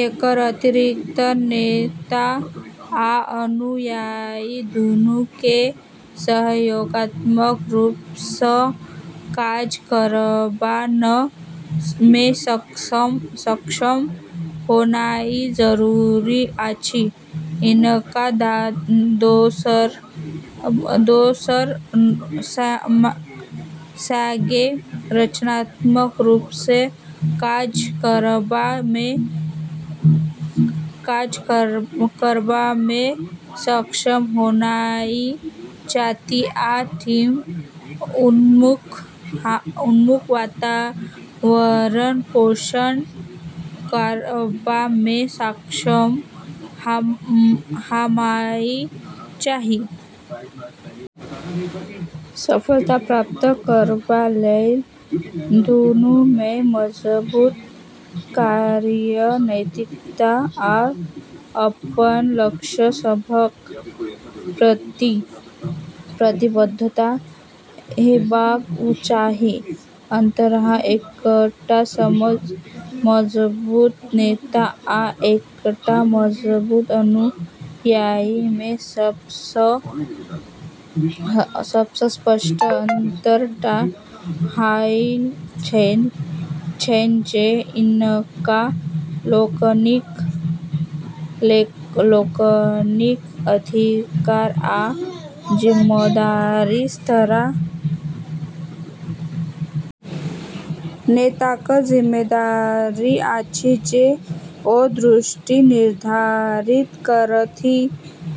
एकर अतिरिक्त नेता आ अनुयायी दुनू केँ सहयोगात्मक रूप सँ काज करबा मे सक्षम होनाइ जरूरी अछि। हुनका दोसर सँगे रचनात्मक रूप सँ काज करबा मे सक्षम होनाइ चाही आ टीम उन्मुख वातावरणक पोषण करबा मे सक्षम होनाइ चाही। सफलता प्राप्त करबा लेल दुनू मे मजबूत कार्य नैतिकता आ अपन लक्ष्य सभक प्रति प्रतिबद्धता हेबाक चाही। अंतर: एकटा मजबूत नेता आ एकटा मजबूत अनुयायी मे सब सँ स्पष्ट अंतर होइत छैन जे हुनका लोकनिक अधिकार आ जिम्मेदारीक स्तर। नेताक जिम्मेदारी अछि जे ओ दृष्टि निर्धारित करथि,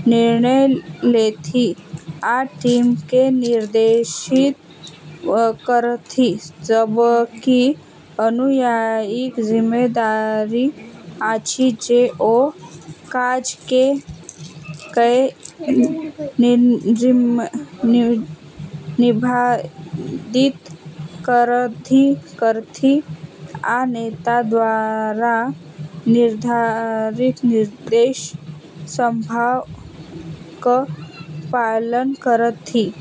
निर्णय लेथि, आ टीम केँ निर्देशित करथि, जबकि अनुयायीक जिम्मेदारी अछि जे ओ काज केँ निष्पादित करथि आ नेता द्वारा निर्धारित निर्देश सभक पालन करथि।